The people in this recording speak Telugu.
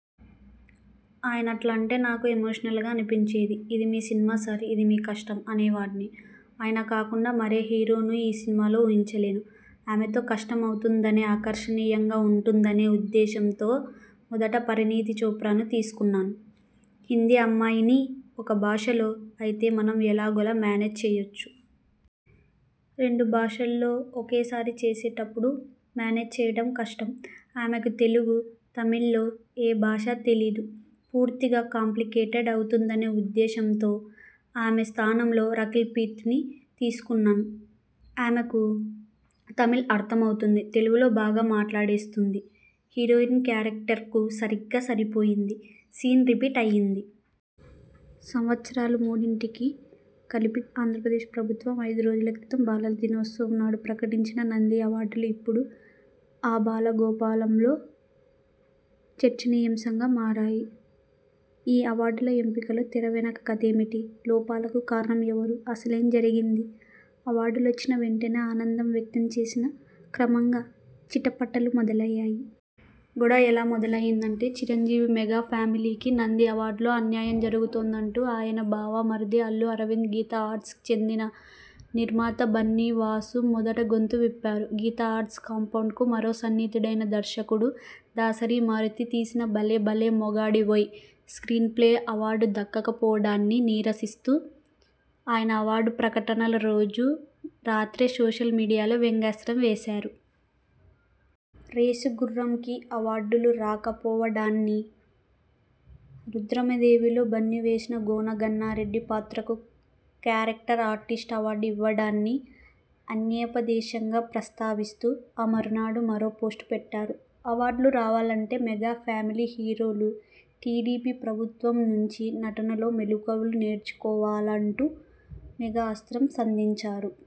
ఆయనట్లా అంటే నాకు ఎమోషనల్గా అనిపించేది. ''ఇది మీ సినిమా సార్. ఇది మీ కష్టం'' అనేవాడ్ని. ఆయన కాకుండా మరే హీరోనూ ఈ సినిమాలో ఊహించలేను. ఆమెతో కష్టం అవుతుందనే ఆకర్షణీయంగా ఉంటుందనే ఉద్దేశంతో మొదట పరిణీతి చోప్రాను తీసుకున్నాం. హిందీ అమ్మాయిని ఒక భాషలో అయితే మనం ఎలాగోలా మేనేజ్ చేయొచ్చు. రెండు భాషల్లో ఒకేసారి చేసేప్పుడు మేనేజ్ చేయడం కష్టం. ఆమెకు తెలుగు, తమిళంలో ఏ భాషా తెలీదు. పూర్తిగా కాంప్లికేటెడ్ అవుతుందనే ఉద్దేశంతో ఆమె స్థానంలో రకుల్ప్రీత్ను తీసకున్నాం. ఆమెకు తమిళం అర్థమవుతుంది. తెలుగులో బాగా మాట్లాడేస్తుంది. హీరోయిన్ కేరక్టర్కు సరిగ్గా సరిపోయింది. సీన్ రిపీట్ అయ్యింది. సంవత్సరాలు మూడింటికీ కలిపి ఆంధ్రప్రదేశ్ ప్రభుత్వం అయిదు రోజుల క్రితం బాలల దినోత్సవం నాడు ప్రకటించిన నంది అవార్డులు ఇప్పుడు ఆబాలగోపాలంలో చర్చనీయాంశంగా మారాయి. ఈ అవార్డుల ఎంపికలో తెర వెనుక కథేమిటి? లోపాలకు కారణం ఎవరు? అసలేం జరిగింది? అవార్డులొచ్చిన వెంటనే ఆనందం వ్యక్తం చేసినా, క్రమంగా చిటపటలు మొదలయ్యాయి. గొడవ ఎలా మొదలైందంటే చిరంజీవి మెగా ఫ్యామిలీకి నంది అవార్డుల్లో అన్యాయం జరుగుతోందంటూ ఆయన బావమరిది అల్లు అరవింద్ గీతా ఆర్ట్స్కు చెందిన నిర్మాత బన్నీ వాసు మొదట గొంతు విప్పారు. గీతా ఆర్ట్స్ కాంపౌండ్కు మరో సన్నిహితుడైన దర్శకుడు దాసరి మారుతి తీసిన 'భలే భలే మగాడివోయ్'కి స్ర్కీన్ప్లే అవార్డు దక్కకపోవడాన్ని నిరసిస్తూ, ఆయన అవార్డు ప్రకటనల రోజు రాత్రే సోషల్ మీడియాలో వ్యంగ్యాస్త్రం వేశారు. 'రేసుగుర్రం'కి అవార్డులు రాకపోవడాన్నీ, 'రుద్రమదేవి'లో బన్నీ వేసిన గోన గన్నారెడ్డి పాత్రకు క్యారెక్టర్ ఆర్టిస్ట్ అవార్డు ఇవ్వడాన్నీ అన్యాపదేశంగా ప్రస్తావిస్తూ, ఆ మరునాడు మరో పోస్ట్ పెట్టారు. 'అవార్డులు రావాలంటే మెగా ఫ్యామిలీ హీరోలు టీడీపీ ప్రభుత్వం నుంచి నటనలో మెలకువలు నేర్చుకోవా'లంటూ మెగా అస్త్రం సంధించారు.